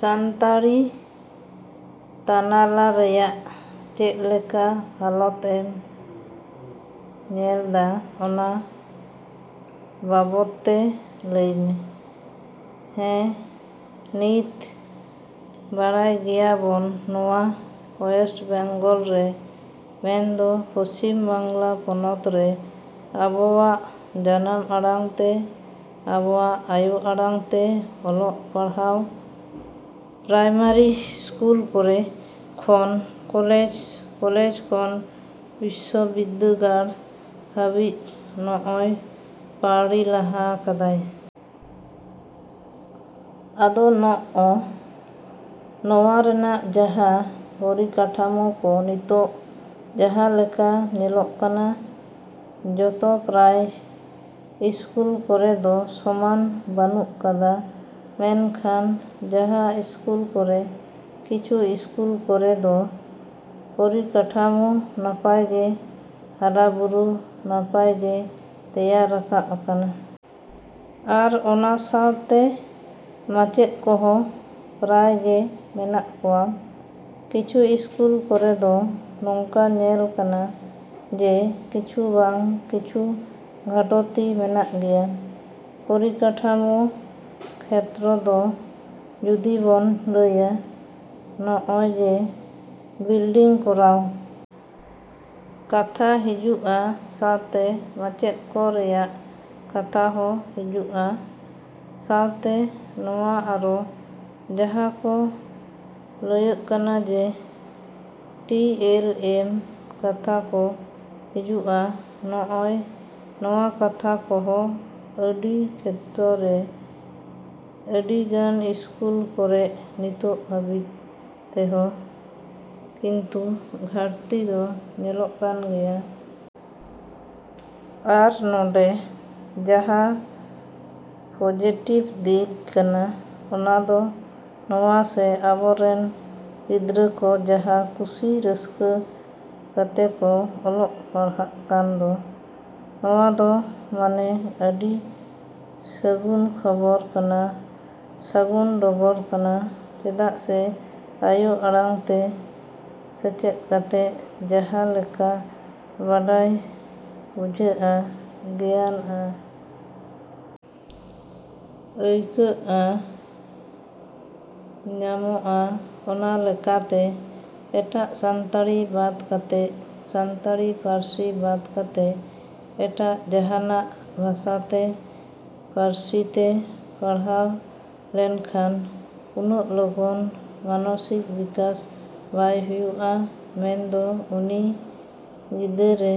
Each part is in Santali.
ᱥᱟᱱᱛᱟᱲᱤ ᱛᱟᱱᱟᱞᱟ ᱨᱮᱭᱟᱜ ᱪᱮᱫ ᱞᱮᱠᱟ ᱦᱟᱞᱚᱛ ᱮᱢ ᱧᱮᱞᱫᱟ ᱚᱱᱟ ᱵᱟᱵᱚᱫ ᱛᱮ ᱞᱟᱹᱭᱢᱮ? ᱦᱮᱸ, ᱱᱤᱛ ᱵᱟᱲᱟᱭ ᱜᱮᱭᱟᱵᱚᱱ ᱱᱚᱣᱟ ᱣᱮᱥᱴ ᱵᱮᱝᱜᱚᱞ ᱨᱮ ᱢᱮᱱᱫᱚ ᱯᱚᱪᱷᱤᱢ ᱵᱟᱝᱞᱟ ᱯᱚᱱᱚᱛ ᱨᱮ ᱟᱵᱚᱣᱟᱜ ᱡᱟᱱᱟᱢ ᱟᱲᱟᱝ ᱛᱮ, ᱟᱵᱚᱣᱟᱜ ᱟᱭᱳ ᱟᱲᱟᱝ ᱛᱮ ᱚᱞᱚᱜ ᱯᱟᱲᱦᱟᱣ ᱯᱨᱟᱭᱢᱟᱨᱤ ᱤᱥᱠᱩᱞ ᱠᱚᱨᱮ ᱠᱷᱚᱱ ᱠᱚᱞᱮᱡᱽ, ᱠᱚᱞᱮᱡᱽ ᱠᱷᱚᱱ ᱵᱤᱥᱥᱚ ᱵᱤᱫᱟᱹᱜᱟᱲ ᱦᱟᱹᱵᱤᱡ ᱱᱚᱜᱼᱚᱭ ᱯᱟᱹᱣᱲᱤ ᱞᱟᱦᱟ ᱠᱟᱫᱟᱭ᱾ ᱟᱫᱚ ᱱᱚᱜᱼᱚ ᱱᱚᱣᱟ ᱨᱮᱱᱟᱜ ᱡᱟᱦᱟᱸ ᱯᱚᱨᱤᱠᱟᱴᱷᱟᱢᱳ ᱠᱚ ᱱᱤᱛᱚᱜ ᱡᱟᱦᱟᱸ ᱞᱮᱠᱟ ᱧᱮᱞᱚᱜ ᱠᱟᱱᱟ, ᱡᱚᱛᱚ ᱯᱨᱟᱭ ᱤᱥᱠᱩᱞ ᱠᱚᱨᱮ ᱫᱚ ᱥᱚᱢᱟᱱ ᱵᱟᱹᱱᱩᱜ ᱠᱟᱫᱟ, ᱢᱮᱱᱠᱷᱟᱱ ᱡᱟᱦᱟᱸ ᱤᱥᱠᱩᱞ ᱠᱚᱨᱮ, ᱠᱤᱪᱷᱩ ᱤᱥᱠᱩᱞ ᱠᱚᱨᱮ ᱫᱚ ᱯᱚᱨᱤᱠᱟᱴᱷᱟᱢᱳ ᱱᱟᱯᱟᱭ ᱜᱮ ᱦᱟᱨᱟᱼᱵᱩᱨᱩ, ᱱᱟᱯᱟᱭ ᱜᱮ ᱛᱮᱭᱟᱨ ᱨᱟᱠᱟᱵ ᱟᱠᱟᱱᱟ᱾ ᱟᱨ ᱚᱱᱟ ᱥᱟᱶᱛᱮ ᱢᱟᱪᱮᱫ ᱠᱚᱦᱚᱸ ᱯᱨᱟᱭ ᱜᱮ ᱢᱮᱱᱟᱜ ᱠᱚᱣᱟ᱾ ᱠᱤᱪᱷᱩ ᱤᱥᱠᱩᱞ ᱠᱚᱨᱮ ᱫᱚ ᱱᱚᱝᱠᱟ ᱧᱮᱞ ᱠᱟᱱᱟ ᱡᱮ ᱠᱤᱪᱷᱩ ᱵᱟᱝ ᱠᱤᱪᱷᱩ ᱜᱷᱟᱴᱛᱤ ᱢᱮᱱᱟᱜ ᱜᱮᱭᱟ᱾ ᱯᱚᱨᱤᱠᱟᱴᱷᱟᱢᱳ ᱠᱷᱮᱛᱨᱚ ᱫᱚ ᱡᱩᱫᱤ ᱵᱚᱱ ᱞᱟᱹᱭᱟ, ᱱᱚᱜᱼᱚᱭ ᱡᱮ ᱵᱤᱞᱰᱤᱝ ᱠᱚᱨᱟᱣ ᱠᱟᱛᱷᱟ ᱦᱤᱡᱩᱜᱼᱟ, ᱥᱟᱶᱛᱮ ᱢᱟᱪᱮᱫ ᱠᱚ ᱨᱮᱭᱟᱜ ᱠᱟᱛᱷᱟ ᱦᱚᱸ ᱦᱤᱡᱩᱜᱼᱟ, ᱥᱟᱶᱛᱮ ᱱᱚᱣᱟ ᱟᱨᱚ ᱡᱟᱦᱟᱸ ᱠᱚ ᱞᱟᱹᱭᱟᱜ ᱠᱟᱱᱟ ᱡᱮ ᱴᱤ ᱮᱞ ᱮᱢ ᱠᱟᱛᱷᱟ ᱠᱚ ᱦᱤᱡᱩᱜᱼᱟ, ᱱᱚᱜᱼᱚᱭ ᱱᱚᱣᱟ ᱠᱟᱛᱷᱟ ᱠᱚᱦᱚᱸ ᱟᱹᱰᱤ ᱠᱷᱮᱛᱨᱚ ᱨᱮ, ᱟᱹᱰᱤᱜᱟᱱ ᱤᱥᱠᱩᱞ ᱠᱚᱨᱮᱜ ᱱᱤᱛᱚᱜ ᱦᱟᱹᱵᱤᱡ ᱛᱮᱦᱚᱸ ᱠᱤᱱᱛᱩ ᱜᱷᱟᱴᱛᱤ ᱫᱚ ᱧᱮᱞᱚᱜ ᱠᱟᱱ ᱜᱮᱭᱟ᱾ ᱟᱨ ᱱᱚᱰᱮ ᱡᱟᱦᱟᱸ ᱯᱚᱡᱮᱴᱤᱵᱽ ᱫᱤᱠ ᱠᱟᱱᱟ ᱚᱱᱟ ᱫᱚ ᱱᱚᱣᱟ ᱥᱮ ᱟᱵᱚᱨᱮᱱ ᱜᱤᱫᱽᱨᱟᱹ ᱠᱚ ᱡᱟᱦᱟᱸ ᱠᱩᱥᱤ ᱨᱟᱹᱥᱠᱟᱹ ᱠᱟᱛᱮ ᱠᱚ ᱚᱞᱚᱜ ᱯᱟᱲᱦᱟᱜ ᱠᱟᱱ ᱫᱚ, ᱱᱚᱣᱟ ᱫᱚ ᱢᱟᱱᱮ ᱟᱹᱰᱤ ᱥᱟᱹᱜᱩᱱ ᱠᱷᱚᱵᱚᱨ ᱠᱟᱱᱟ, ᱥᱟᱹᱜᱩᱱ ᱰᱚᱜᱚᱨ ᱠᱟᱱᱟ᱾ ᱪᱮᱫᱟᱜ ᱥᱮ ᱟᱭᱳ ᱟᱲᱟᱝ ᱛᱮ ᱥᱮᱪᱮᱫ ᱠᱟᱛᱮ ᱡᱟᱦᱟᱸ ᱞᱮᱠᱟ ᱵᱟᱰᱟᱭ ᱵᱩᱡᱷᱟᱹᱜᱼᱟ, ᱜᱮᱭᱟᱱ ᱟ. ᱭᱠᱟᱹᱜᱼᱟ ᱧᱟᱢᱚᱜᱼᱟ᱾ ᱚᱱᱟ ᱞᱮᱠᱟᱛᱮ ᱮᱴᱟᱜ ᱥᱟᱱᱛᱟᱲᱤ ᱵᱟᱫ ᱠᱟᱛᱮ, ᱥᱟᱱᱛᱟᱲᱤ ᱯᱟᱹᱨᱥᱤ ᱵᱟᱫ ᱠᱟᱛᱮ ᱮᱴᱟᱜ ᱡᱟᱦᱟᱱᱟᱜ ᱵᱷᱟᱥᱟᱛᱮ, ᱯᱟᱹᱨᱥᱤ ᱛᱮ ᱯᱟᱲᱦᱟᱣ ᱞᱮᱱᱠᱷᱟᱱ ᱩᱱᱟᱹᱜ ᱞᱚᱜᱚᱱ ᱢᱟᱱᱚᱥᱤᱠ ᱵᱤᱠᱟᱥ ᱵᱟᱭ ᱦᱩᱭᱩᱜᱼᱟ, ᱢᱮᱱᱫᱚ ᱩᱱᱤ ᱜᱤᱫᱟᱹᱨᱮ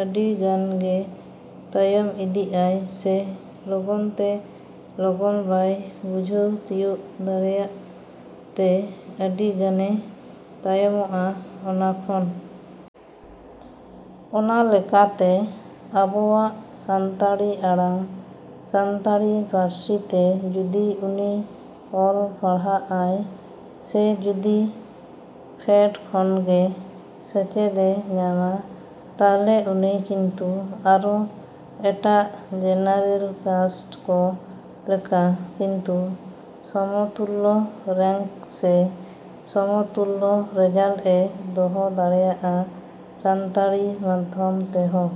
ᱟᱹᱰᱤ ᱜᱟᱱ ᱜᱮ ᱛᱟᱭᱚᱢ ᱤᱫᱤᱜ ᱟᱭ ᱥᱮ ᱞᱚᱜᱚᱱ ᱛᱮ ᱞᱚᱜᱚᱱ ᱵᱟᱭ ᱵᱩᱡᱷᱟᱹᱣ ᱛᱤᱭᱳᱜ ᱫᱟᱲᱮᱭᱟᱜ ᱛᱮ ᱟᱹᱰᱤᱜᱟᱱᱮ ᱛᱟᱭᱚᱢᱚᱜᱼᱟ ᱚᱱᱟ ᱠᱷᱚᱱ᱾ ᱚᱱᱟ ᱞᱮᱠᱟᱛᱮ ᱟᱵᱚᱣᱟᱜ ᱥᱟᱱᱛᱟᱲᱤ ᱟᱲᱟᱝ, ᱥᱟᱱᱛᱟᱲᱤ ᱯᱟᱹᱨᱥᱤ ᱛᱮ ᱡᱩᱫᱤ ᱩᱱᱤ ᱚᱞ ᱯᱟᱲᱦᱟᱜᱼᱟᱭ ᱥᱮ ᱡᱩᱫᱤ ᱯᱷᱮᱰ ᱠᱷᱚᱱᱜᱮ ᱥᱮᱪᱮᱫᱮ ᱧᱟᱢᱟ, ᱛᱟᱦᱚᱞᱮ ᱩᱱᱤ ᱠᱤᱱᱛᱩ ᱟᱨᱚ ᱮᱴᱟᱜ ᱡᱮᱱᱮᱨᱮᱞ ᱠᱟᱥᱴ ᱠᱚ ᱞᱮᱠᱟ ᱠᱤᱱᱛᱩ ᱥᱚᱢᱚᱛᱩᱞᱞᱚ ᱨᱮᱝᱠ ᱥᱮ ᱥᱚᱢᱚᱛᱩᱞᱞᱚ ᱨᱮᱡᱟᱞᱴ ᱮ ᱫᱚᱦᱚ ᱫᱟᱲᱮᱭᱟᱜᱼᱟ ᱥᱟᱱᱛᱟᱲᱤ ᱢᱟᱫᱽᱫᱷᱚᱢ ᱛᱮᱦᱚᱸ᱾